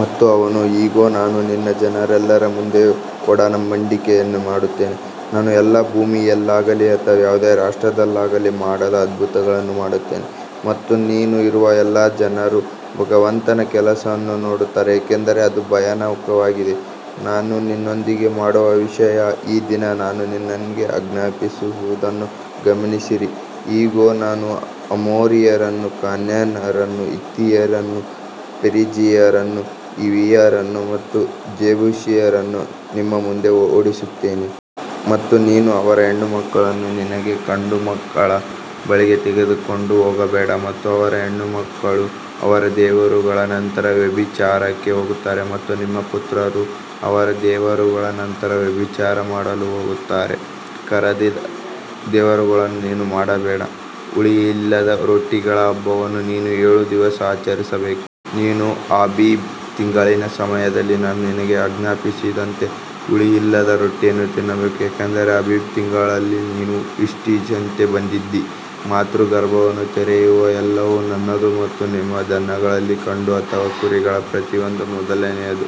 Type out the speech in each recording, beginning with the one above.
ಮತ್ತು ಅವನು ಇಗೋ ನಾನು ನಿನ್ನ ಜನರೆಲ್ಲರ ಮುಂದೆ ಒಡಂಬಡಿಕೆಯನ್ನು ಮಾಡುತ್ತೇನೆ ನಾನು ಎಲ್ಲಾ ಭೂಮಿಯಲ್ಲಾಗಲಿ ಅಥವಾ ಯಾವುದೇ ರಾಷ್ಟ್ರದಲ್ಲಾಗಲಿ ಮಾಡದ ಅದ್ಭುತಗಳನ್ನು ಮಾಡುತ್ತೇನೆ ಮತ್ತು ನೀನು ಇರುವ ಎಲ್ಲಾ ಜನರು ಭಗವಂತನ ಕೆಲಸವನ್ನು ನೋಡುತ್ತಾರೆ ಏಕೆಂದರೆ ಅದು ಭಯಾನಕವಾಗಿದೆ. ನಾನು ನಿನ್ನೊಂದಿಗೆ ಮಾಡುವ ವಿಷಯ ಈ ದಿನ ನಾನು ನಿನಗೆ ಆಜ್ಞಾಪಿಸುವುದನ್ನು ಗಮನಿಸಿರಿ ಇಗೋ ನಾನು ಅಮೋರಿಯರನ್ನು ಕಾನಾನ್ಯರನ್ನು ಹಿತ್ತಿಯರನ್ನು ಪೆರಿಜ್ಜೀಯರನ್ನು ಹಿವಿಯರನ್ನು ಮತ್ತು ಜೆಬೂಸಿಯರನ್ನು ನಿಮ್ಮ ಮುಂದೆ ಓಡಿಸುತ್ತೇನೆ. ಮತ್ತು ನೀನು ಅವರ ಹೆಣ್ಣುಮಕ್ಕಳನ್ನು ನಿನ್ನ ಗಂಡುಮಕ್ಕಳ ಬಳಿಗೆ ತೆಗೆದುಕೊಂಡು ಹೋಗಬೇಡ ಮತ್ತು ಅವರ ಹೆಣ್ಣುಮಕ್ಕಳು ಅವರ ದೇವರುಗಳ ನಂತರ ವ್ಯಭಿಚಾರಕ್ಕೆ ಹೋಗುತ್ತಾರೆ ಮತ್ತು ನಿಮ್ಮ ಪುತ್ರರು ಅವರ ದೇವರುಗಳ ನಂತರ ವ್ಯಭಿಚಾರ ಮಾಡಲು ಹೋಗುತ್ತಾರೆ. ಕರಗಿದ ದೇವರುಗಳನ್ನು ನೀನು ಮಾಡಬೇಡ. ಹುಳಿಯಿಲ್ಲದ ರೊಟ್ಟಿಗಳ ಹಬ್ಬವನ್ನು ನೀನು ಏಳು ದಿವಸ ಆಚರಿಸಬೇಕು. ನೀನು ಆಬೀಬ್ ತಿಂಗಳಿನ ಸಮಯದಲ್ಲಿ ನಾನು ನಿನಗೆ ಆಜ್ಞಾಪಿಸಿದಂತೆ ಹುಳಿಯಿಲ್ಲದ ರೊಟ್ಟಿಯನ್ನು ತಿನ್ನಬೇಕು ಏಕೆಂದರೆ ಅಬೀಬ್ ತಿಂಗಳಲ್ಲಿ ನೀನು ಈಜಿಪ್ಟಿನಿಂದ ಬಂದಿದ್ದೀ. ಮಾತೃಗರ್ಭವನ್ನು ತೆರೆಯುವ ಎಲ್ಲವೂ ನನ್ನದು ಮತ್ತು ನಿಮ್ಮ ದನಗಳಲ್ಲಿ ಗಂಡು ಅಥವಾ ಕುರಿಗಳ ಪ್ರತಿಯೊಂದು ಮೊದಲನೆಯದು.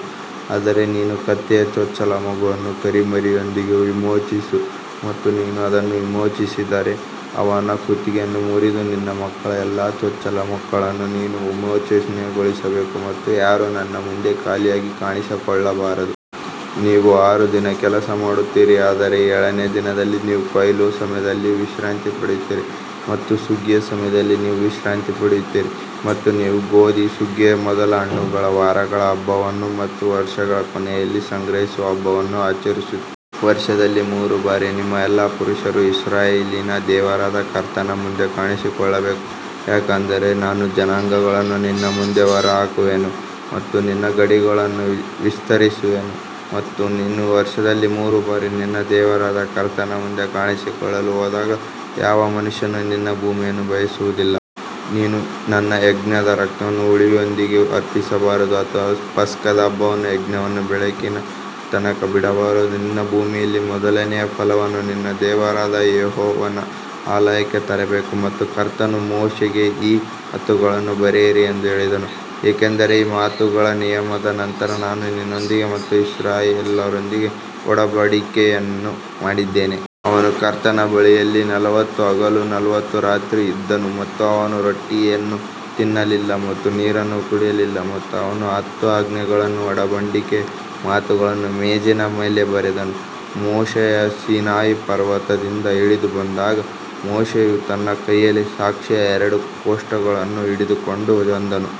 ಆದರೆ ನೀನು ಕತ್ತೆಯ ಚೊಚ್ಚಲ ಮಗುವನ್ನು ಕುರಿಮರಿಯೊಂದಿಗೆ ವಿಮೋಚಿಸು ಮತ್ತು ನೀನು ಅದನ್ನು ವಿಮೋಚಿಸದಿದ್ದರೆ ಅವನ ಕುತ್ತಿಗೆಯನ್ನು ಮುರಿದು ನಿನ್ನ ಮಕ್ಕಳ ಎಲ್ಲಾ ಚೊಚ್ಚಲ ಮಕ್ಕಳನ್ನು ನೀನು ವಿಮೋಚನೆಗೊಳಿಸಬೇಕು ಮತ್ತು ಯಾರೂ ನನ್ನ ಮುಂದೆ ಖಾಲಿಯಾಗಿ ಕಾಣಿಸಿಕೊಳ್ಳಬಾರದು. ನೀವು ಆರು ದಿನ ಕೆಲಸ ಮಾಡುತ್ತೀರಿ ಆದರೆ ಏಳನೇ ದಿನದಲ್ಲಿ ನೀವು ಕೊಯ್ಲು ಸಮಯದಲ್ಲಿ ವಿಶ್ರಾಂತಿ ಪಡೆಯುತ್ತೀರಿ ಮತ್ತು ಸುಗ್ಗಿಯ ಸಮಯದಲ್ಲಿ ನೀವು ವಿಶ್ರಾಂತಿ ಪಡೆಯುತ್ತೀರಿ. ಮತ್ತು ನೀವು ಗೋಧಿ ಸುಗ್ಗಿಯ ಮೊದಲ ಹಣ್ಣುಗಳ ವಾರಗಳ ಹಬ್ಬವನ್ನು ಮತ್ತು ವರ್ಷಗಳ ಕೊನೆಯಲ್ಲಿ ಸಂಗ್ರಹಿಸುವ ಹಬ್ಬವನ್ನು ಆಚರಿಸುತ್ತೀರಿ. ವರ್ಷದಲ್ಲಿ ಮೂರು ಬಾರಿ ನಿಮ್ಮ ಎಲ್ಲಾ ಪುರುಷರು ಇಸ್ರಾಯೇಲಿನ ದೇವರಾದ ಕರ್ತನ ಮುಂದೆ ಕಾಣಿಸಿಕೊಳ್ಳಬೇಕು ಯಾಕಂದರೆ ನಾನು ಜನಾಂಗಗಳನ್ನು ನಿನ್ನ ಮುಂದೆ ಹೊರಹಾಕುವೆನು ಮತ್ತು ನಿನ್ನ ಗಡಿಗಳನ್ನು ವಿಸ್ತರಿಸುವೆನು ಮತ್ತು ನೀನು ವರ್ಷದಲ್ಲಿ ಮೂರು ಬಾರಿ ನಿನ್ನ ದೇವರಾದ ಕರ್ತನ ಮುಂದೆ ಕಾಣಿಸಿಕೊಳ್ಳಲು ಹೋದಾಗ ಯಾವ ಮನುಷ್ಯನೂ ನಿನ್ನ ಭೂಮಿಯನ್ನು ಬಯಸುವುದಿಲ್ಲ. ನೀನು ನನ್ನ ಯಜ್ಞದ ರಕ್ತವನ್ನು ಹುಳಿಯೊಂದಿಗೆ ಅರ್ಪಿಸಬಾರದು ಅಥವಾ ಪಸ್ಕದ ಹಬ್ಬದ ಯಜ್ಞವನ್ನು ಬೆಳಗಿನ ತನಕ ಬಿಡಬಾರದು. ನಿನ್ನ ಭೂಮಿಯಲ್ಲಿ ಮೊದಲನೆಯ ಫಲವನ್ನು ನಿನ್ನ ದೇವರಾದ ಯೆಹೋವನ ಆಲಯಕ್ಕೆ ತರಬೇಕು. ಮತ್ತು ಕರ್ತನು ಮೋಶೆಗೆ ಈ ಮಾತುಗಳನ್ನು ಬರೆಯಿರಿ ಎಂದು ಹೇಳಿದನು ಏಕೆಂದರೆ ಈ ಮಾತುಗಳ ನಿಯಮದ ನಂತರ ನಾನು ನಿನ್ನೊಂದಿಗೆ ಮತ್ತು ಇಸ್ರಾಯೇಲ್ಯರೊಂದಿಗೆ ಒಡಂಬಡಿಕೆಯನ್ನು ಮಾಡಿದ್ದೇನೆ. ಅವನು ಕರ್ತನ ಬಳಿಯಲ್ಲಿ ನಲವತ್ತು ಹಗಲು ನಲವತ್ತು ರಾತ್ರಿ ಇದ್ದನು ಮತ್ತು ಅವನು ರೊಟ್ಟಿಯನ್ನು ತಿನ್ನಲಿಲ್ಲ ಮತ್ತು ನೀರನ್ನು ಕುಡಿಯಲಿಲ್ಲ ಮತ್ತು ಅವನು ಹತ್ತು ಆಜ್ಞೆಗಳನ್ನು ಒಡಂಬಡಿಕೆಯ ಮಾತುಗಳನ್ನು ಮೇಜಿನ ಮೇಲೆ ಬರೆದನು. ಮೋಶೆಯು ಸೀನಾಯಿ ಪರ್ವತದಿಂದ ಇಳಿದು ಬಂದಾಗ ಮೋಶೆಯು ತನ್ನ ಕೈಯಲ್ಲಿ ಸಾಕ್ಷಿಯ ಎರಡು ಕೋಷ್ಟಕಗಳನ್ನು ಹಿಡಿದುಕೊಂಡು ಬಂದನು.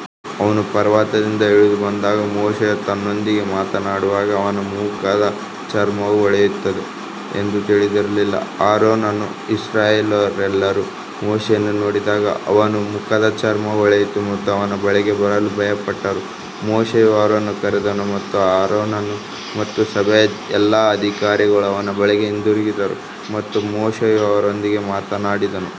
ಅವನು ಪರ್ವತದಿಂದ ಇಳಿದು ಬಂದಾಗ ಮೋಶೆಯು ತನ್ನೊಂದಿಗೆ ಮಾತನಾಡುವಾಗ ಅವನ ಮುಖದ ಚರ್ಮವು ಹೊಳೆಯುತ್ತದೆ ಎಂದು ತಿಳಿದಿರಲಿಲ್ಲ. ಆರೋನನೂ ಇಸ್ರಾಯೇಲ್ಯರೆಲ್ಲರೂ ಮೋಶೆಯನ್ನು ನೋಡಿದಾಗ ಅವನ ಮುಖದ ಚರ್ಮವು ಹೊಳೆಯಿತು ಮತ್ತು ಅವನ ಬಳಿಗೆ ಬರಲು ಭಯಪಟ್ಟರು. ಮೋಶೆಯು ಅವರನ್ನು ಕರೆದನು ಮತ್ತು ಆರೋನನು ಮತ್ತು ಸಭೆಯ ಎಲ್ಲಾ ಅಧಿಕಾರಿಗಳು ಅವನ ಬಳಿಗೆ ಹಿಂದಿರುಗಿದರು ಮತ್ತು ಮೋಶೆಯು ಅವರೊಂದಿಗೆ ಮಾತನಾಡಿದನು.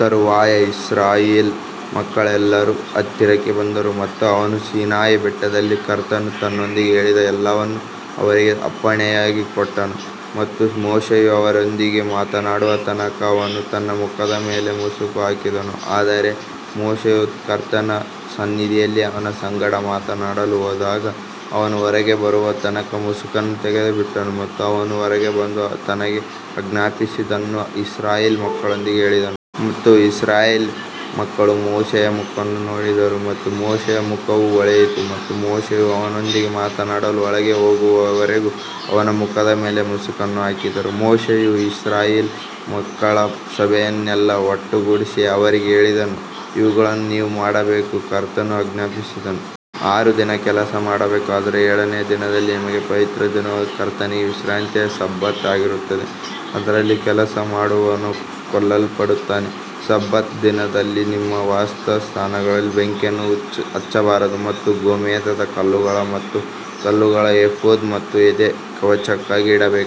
ತರುವಾಯ ಇಸ್ರಾಯೇಲ್ ಮಕ್ಕಳೆಲ್ಲರೂ ಹತ್ತಿರಕ್ಕೆ ಬಂದರು ಮತ್ತು ಅವನು ಸೀನಾಯಿ ಬೆಟ್ಟದಲ್ಲಿ ಕರ್ತನು ತನ್ನೊಂದಿಗೆ ಹೇಳಿದ ಎಲ್ಲವನ್ನೂ ಅವರಿಗೆ ಅಪ್ಪಣೆಯಾಗಿ ಕೊಟ್ಟನು. ಮತ್ತು ಮೋಶೆಯು ಅವರೊಂದಿಗೆ ಮಾತನಾಡುವ ತನಕ ಅವನು ತನ್ನ ಮುಖದ ಮೇಲೆ ಮುಸುಕು ಹಾಕಿದನು ಆದರೆ ಮೋಶೆಯು ಕರ್ತನ ಸನ್ನಿಧಿಯಲ್ಲಿ ಅವನ ಸಂಗಡ ಮಾತನಾಡಲು ಹೋದಾಗ ಅವನು ಹೊರಗೆ ಬರುವ ತನಕ ಮುಸುಕನ್ನು ತೆಗೆದುಬಿಟ್ಟನು ಮತ್ತು ಅವನು ಹೊರಗೆ ಬಂದು ತನಗೆ ಆಜ್ಞಾಪಿಸಿದ್ದನ್ನು ಇಸ್ರಾಯೇಲ್ ಮಕ್ಕಳೊಂದಿಗೆ ಹೇಳಿದನು. ಮತ್ತು ಇಸ್ರಾಯೇಲ್ ಮಕ್ಕಳು ಮೋಶೆಯ ಮುಖವನ್ನು ನೋಡಿದರು ಮತ್ತು ಮೋಶೆಯ ಮುಖವು ಹೊಳೆಯಿತು ಮತ್ತು ಮೋಶೆಯು ಅವನೊಂದಿಗೆ ಮಾತನಾಡಲು ಒಳಗೆ ಹೋಗುವವರೆಗೂ ಅವನ ಮುಖದ ಮೇಲೆ ಮುಸುಕನ್ನು ಹಾಕಿದನು. ಮೋಶೆಯು ಇಸ್ರಾಯೇಲ್ ಮಕ್ಕಳ ಸಭೆಯನ್ನೆಲ್ಲಾ ಒಟ್ಟುಗೂಡಿಸಿ ಅವರಿಗೆ ಹೇಳಿದನು ಇವುಗಳನ್ನು ನೀವು ಮಾಡಬೇಕೆಂದು ಕರ್ತನು ಆಜ್ಞಾಪಿಸಿದನು. ಆರು ದಿನ ಕೆಲಸ ಮಾಡಬೇಕು ಆದರೆ ಏಳನೆಯ ದಿನದಲ್ಲಿ ನಿಮಗೆ ಪವಿತ್ರ ದಿನವು ಕರ್ತನಿಗೆ ವಿಶ್ರಾಂತಿಯ ಸಬ್ಬತ್ ಆಗಿರುತ್ತದೆ ಅದರಲ್ಲಿ ಕೆಲಸ ಮಾಡುವವನು ಕೊಲ್ಲಲ್ಪಡುತ್ತಾನೆ. ಸಬ್ಬತ್ ದಿನದಲ್ಲಿ ನಿಮ್ಮ ವಾಸಸ್ಥಾನಗಳಲ್ಲಿ ಬೆಂಕಿಯನ್ನು ಹಚ್ಚಬಾರದು ಮತ್ತು ಗೋಮೇಧದ ಕಲ್ಲುಗಳು ಮತ್ತು ಕಲ್ಲುಗಳು ಏಫೋದ್ ಮತ್ತು ಎದೆಕವಚಕ್ಕಾಗಿ ಇಡಬೇಕು.